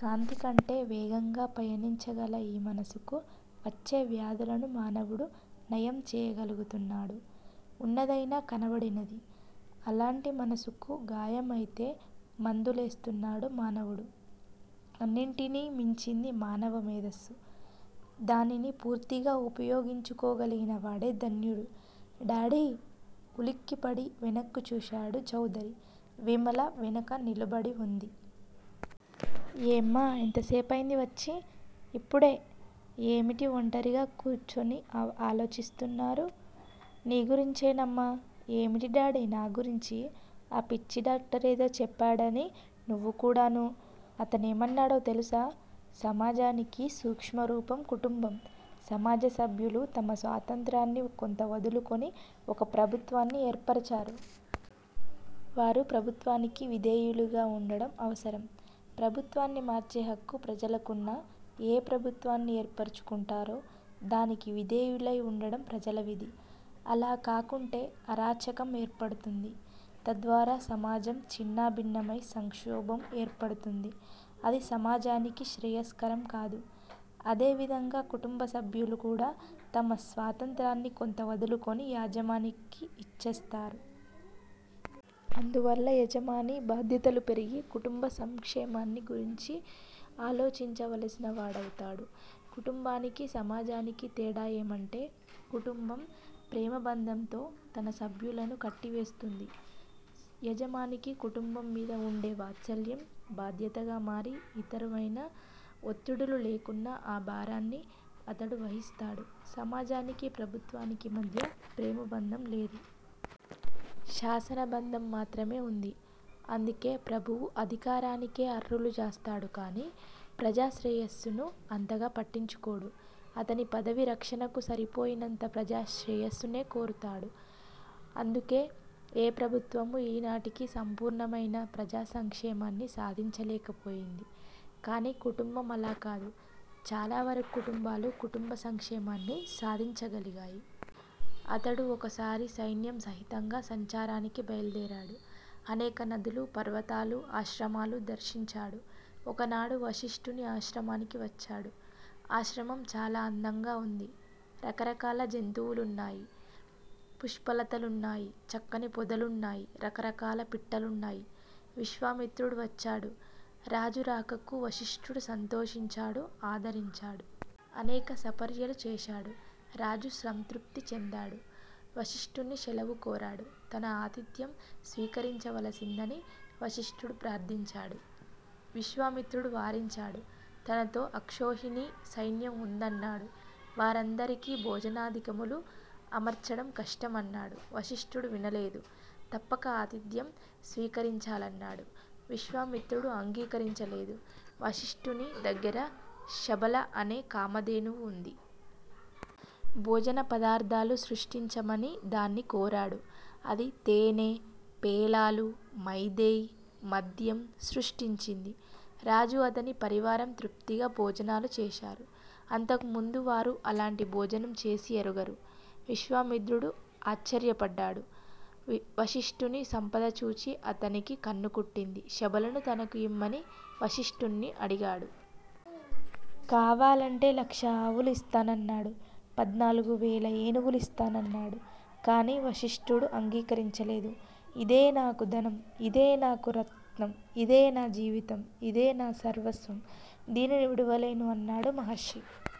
కాంతికంటే వేగంగా పయనించగల ఈ మనసుకు వచ్చే వ్యాధులను మానవుడు నయం చేయగలుగుతున్నాడు. ఉన్నదయినా కనబడినది. అలాంటి మనసుకు గాయం అయితే మందు లేస్తున్నాడు మానవుడు. అన్నింటినీ మించింది మానవ మేధస్సు. దానిని పూర్తిగా ఉపయోగించుకోగలిగినవాడే ధన్యుడు__ డాడీ! ఉలిక్కిపడి వెనక్కు చూశాడు చౌదరి. విమల వెనక నిలబడి వుంది. ఏమ్మా! ఎంతసేపైంది వచ్చి? ఇప్పుడే! ఏమిటి వంటరిగా కూర్చుని ఆలోచిస్తున్నారు? నీ గురించేనమ్మా! ఏమిటి డాడీ నా గురించి? ఆ పిచ్చి డాక్టరేదో చెప్పాడని నువ్వు కూడానూ__ అతనేమన్నాడో తెలుసా? సమాజానికి సూక్ష్మరూపం కుటుంబం. సమాజ సభ్యులు తమ స్వాతంత్ర్యాన్ని కొంత వదులుకొని ఒక ప్రభుత్వాన్ని ఏర్పరచారు. వారు ప్రభుత్వానికి విధేయులుగా వుండడం అవసరం. ప్రభుత్వాన్ని మార్చే హక్కు ప్రజలకున్నా, ఏ ప్రభుత్వాన్ని ఏర్పరచుకుంటారో, దానికి విధేయులై వుండడం ప్రజల విధి. అలా కాకుంటే అరాచకం ఏర్పడుతుంది. తద్వారా సమాజం ఛిన్నాభిన్నమై సంక్షోభం ఏర్పడుతుంది. అది సమాజానికి శ్రేయస్కరం కాదు. అదేవిధంగా కుటుంబ సభ్యులు కూడా తమ స్వాతంత్ర్యాన్ని కొంత వదులుకొని, యజమానికిచ్చేస్తారు. అందువల్ల యజమాని బాధ్యతలు పెరిగి కుటుంబ సంక్షేమాన్ని గురించి ఆలోచించవలసినవాడవుతాడు. కుటుంబానికి, సమాజానికి తేడా ఏమంటే, కుటుంబం ప్రేమబంధంతో తన సభ్యులను కట్టివేస్తుంది. యజమానికి కుటుంబం మీద వుండే వాత్సల్యం, బాధ్యతగా మారి, ఇతరమైన ఒత్తుడిలు లేకున్నా ఆ భారాన్ని అతడు వహిస్తాడు. సమాజానికి, ప్రభుత్వానికి మధ్య ప్రేమబంధం లేదు. శాసనబంధం మాత్రమే వుంది. అందుకే ప్రభువు అధికారానికే అర్రులు జాస్తాడు కాని, ప్రజా శ్రేయస్సును అంతగా పట్టించుకోడు. అతని పదవి రక్షణకు సరిపోయినంత ప్రజా శ్రేయస్సునే కోరతాడు. అందుకే ఏ ప్రభుత్వమూ ఈనాటికి సంపూర్ణమైన ప్రజా సంక్షేమాన్ని సాధించలేకపోయింది. కాని కుటుంబం అలాకాదు. చాలావరకు కుటుంబాలు కుటుంబ సంక్షేమాన్ని సాధించగలిగాయి. అతడు ఒకసారి సైన్యం సహితంగా సంచారానికి బయల్దేరాడు. అనేక నదులు, పర్వతాలు, ఆశ్రమాలూ దర్శించాడు. ఒకనాడు వశిష్ఠుని ఆశ్రమానికి వచ్చాడు. ఆశ్రమం చాలా అందంగా వుంది. రకరకాల జంతువులున్నాయి. పుష్పలతలున్నాయి. చక్కని పొదలున్నాయి. రకరకాల పిట్టలున్నాయి. విశ్వామిత్రుడు వచ్చాడు. రాజు రాకకు వశిష్టుడు సంతోషించాడు. ఆదరించాడు. అనేక సపర్యలు చేశాడు. రాజు సంతృప్తి చెందాడు. వశిష్ఠుణ్ణి శెలవు కోరాడు. తన ఆతిథ్యం స్వీకరించవలసిందని వశిష్ఠుడు ప్రార్ధించాడు. విశ్వామిత్రుడు వారించాడు. తనతో అక్షోహిణి సైన్యం ఉందన్నాడు. వారందరికీ భోజనాదికములు అమర్చడం కష్టం అన్నాడు. వశిష్టుడు వినలేదు. తప్పక ఆతిథ్యం స్వీకరించాలన్నాడు. విశ్వామిత్రుడు అంగీకరించలేదు. వశిష్టుని దగ్గర శబళ అనే కామధేనువు వుంది. భోజన పదార్ధాలు సృష్టించమని దాన్ని కోరాడు. అది తేనె, పేలాలు, మైదేయ్, మద్యం సృష్టించింది. రాజు అతని పరివారం తృప్తిగా భోజనాలు చేశారు. అంతకుముందు వారు అలాంటి భోజనం చేసి ఎరుగరు. విశ్వామిత్రుడు ఆశ్చర్యపడ్డాడు. వశిష్టుని సంపద చూచి అతనికి కన్ను కుట్టింది. శబళను తనకు ఇమ్మని వశిష్టుణ్ణి అడిగాడు. కావాలంటే లక్ష ఆవులు ఇస్తానన్నాడు. పద్నాలుగువేల ఏనుగులు ఇస్తానన్నాడు. కాని వశిష్టుడు అంగీకరించలేదు. ఇదే నాకు ధనం. ఇదే నాకు రత్నం. ఇదే నా జీవితం. ఇదే నా సర్వస్వం. దీనిని విడువలేను అన్నాడు. మహర్షి